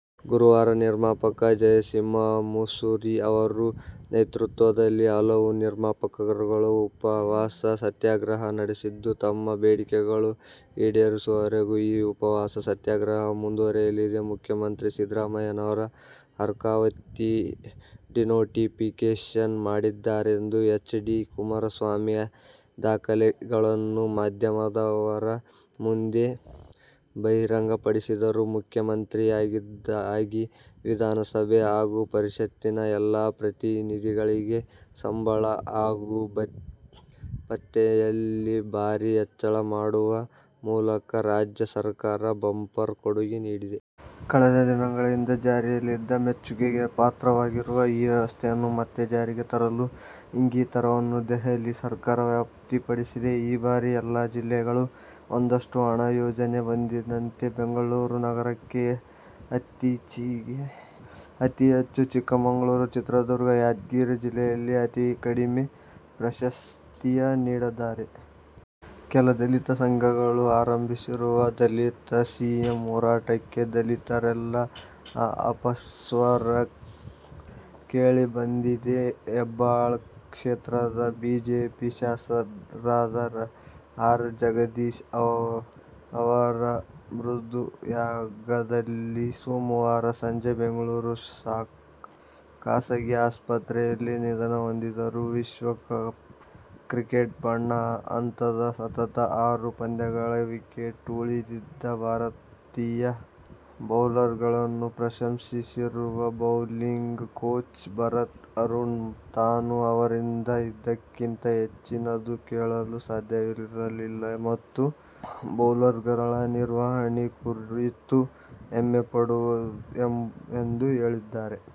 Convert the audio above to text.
ಗುರುವಾರ ನಿರ್ಮಾಪಕ ಜಯಸಿಂಹ ಮುಸುರಿ ಅವರ ನೇತೃತ್ವದಲ್ಲಿ ಹಲವು ನಿರ್ಮಾಪಕರುಗಳು ಉಪವಾಸ ಸತ್ಯಾಗ್ರಹ ನಡೆಸಿದ್ದು, ತಮ್ಮ ಬೇಡಿಕೆಗಳು ಈಡೇರುವವರೆಗೂ ಈ ಉಪವಾಸ ಸತ್ಯಾಗ್ರಹ ಮುಂದುವರೆಯಲಿದೆ. ಮುಖ್ಯಮಂತ್ರಿ ಸಿದ್ದರಾಮಯ್ಯನವರು ಅರ್ಕಾವತಿ ಡಿನೋಟಿಫಿಕೇಷನ್ ಮಾಡಿದ್ದಾರೆಂದು ಹೆಚ್. ಡಿ ಕುಮಾರಸ್ವಾಮಿ ದಾಖಲೆಗಳನ್ನು ಮಾಧ್ಯಮದವರ ಮುಂದೆ ಬಹಿರಂಗ ಪಡಿಸಿದರು. ಮುಖ್ಯಮಂತ್ರಿಯಾದಿಯಾಗಿ ವಿಧಾನಸಭೆ ಹಾಗೂ ಪರಿಷತ್ತಿನ ಎಲ್ಲಾ ಪ್ರತಿನಿಧಿಗಳಿಗೆ ಸಂಬಳ ಹಾಗೂ ಭತ್ಯೆಯಲ್ಲಿ ಭಾರಿ ಹೆಚ್ಚಳ ಮಾಡುವ ಮೂಲಕ ರಾಜ್ಯ ಸರ್ಕಾರ ಬಂಪರ್ ಕೊಡುಗೆ ನೀಡಿದೆ. ಕಳೆದ ದಿನಗಳಿಂದ ಜಾರಿಯಲ್ಲಿದ್ದ, ಮೆಚ್ಚುಗೆಗೆ ಪಾತ್ರವಾಗಿರುವ ಈ ವ್ಯವಸ್ಥೆಯನ್ನು ಮತ್ತೆ ಜಾರಿಗೆ ತರುವ ಇಂಗಿತವನ್ನು ದೆಹಲಿ ಸರ್ಕಾರ ವ್ಯಕ್ತಪಡಿಸಿದೆ. ಈ ಬಾರಿ ಎಲ್ಲ ಜಿಲ್ಲೆಗಳಿಗೂ ಒಂದಷ್ಟು ಹಣ, ಯೋಜನೆ, ಎಂದಿನಂತೆ ಬೆಂಗಳೂರು ನಗರಕ್ಕೆ ಅತಿಹೆಚ್ಚು, ಚಿಕ್ಕಮಗಳೂರು, ಚಿತ್ರದುರ್ಗ, ಯಾದಗಿರಿ ಜಿಲ್ಲೆಗಳಿಗೆ ಅತಿ ಕಡಿಮೆ ಪ್ರಾಶಸ್ತ್ಯ ನೀಡಿದ್ದಾರೆ. ಕೆಲ ದಲಿತ ಸಂಘಟನೆಗಳು ಆರಂಭಿಸಿರುವ "ದಲಿತ ಸಿಎಂ ಹೋರಾಟ'ಕ್ಕೆ ದಲಿತರಲ್ಲೇ ಅಪಸ್ವರ ಕೇಳಿಬಂದಿದೆ. ಹೆಬ್ಬಾಳ ಕ್ಷೇತ್ರದ ಬಿಜೆಪಿ ಶಾಸಕರಾದ ಆರ್. ಜಗದೀಶ್ ಆವರು ಹೃದಯಾಘಾತದಿಂದ ಸೋಮವಾರ ಸಂಜೆ ಬೆಂಗಳೂರಿನ ಖಾಸಗಿ ಆಸ್ಪತ್ರೆಯಲ್ಲಿ ನಿಧನಹೊಂದಿದರು. ವಿಶ್ವಕಪ್ ಕ್ರಿಕೆಟ್ನ ಬಣ ಹಂತದ ಸತತ ಆರು ಪಂದ್ಯಗಳಲ್ಲಿ ವಿಕೆಟ್ ಉರುಳಿಸಿದ ಭಾರತೀಯ ಬೌಲರ್ಗಳನ್ನು ಪ್ರಶಂಸಿಸಿರುವ ಬೌಲಿಂಗ್ ಕೋಚ್ ಭರತ್ ಅರುಣ್, ತಾನು ಅವರಿಂದ ಇದಕ್ಕಿಂತ ಹೆಚ್ಚಿನದನ್ನು ಕೇಳಲು ಸಾಧ್ಯವಿರಲಿಲ್ಲ ಮತ್ತು ಬೌಲರ್ಗಳ ನಿರ್ವಹಣೆ ಕುರಿತು ಹೆಮ್ಮೆಪಡುವೆ ಎಂದು ಹೇಳಿದ್ದಾರೆ.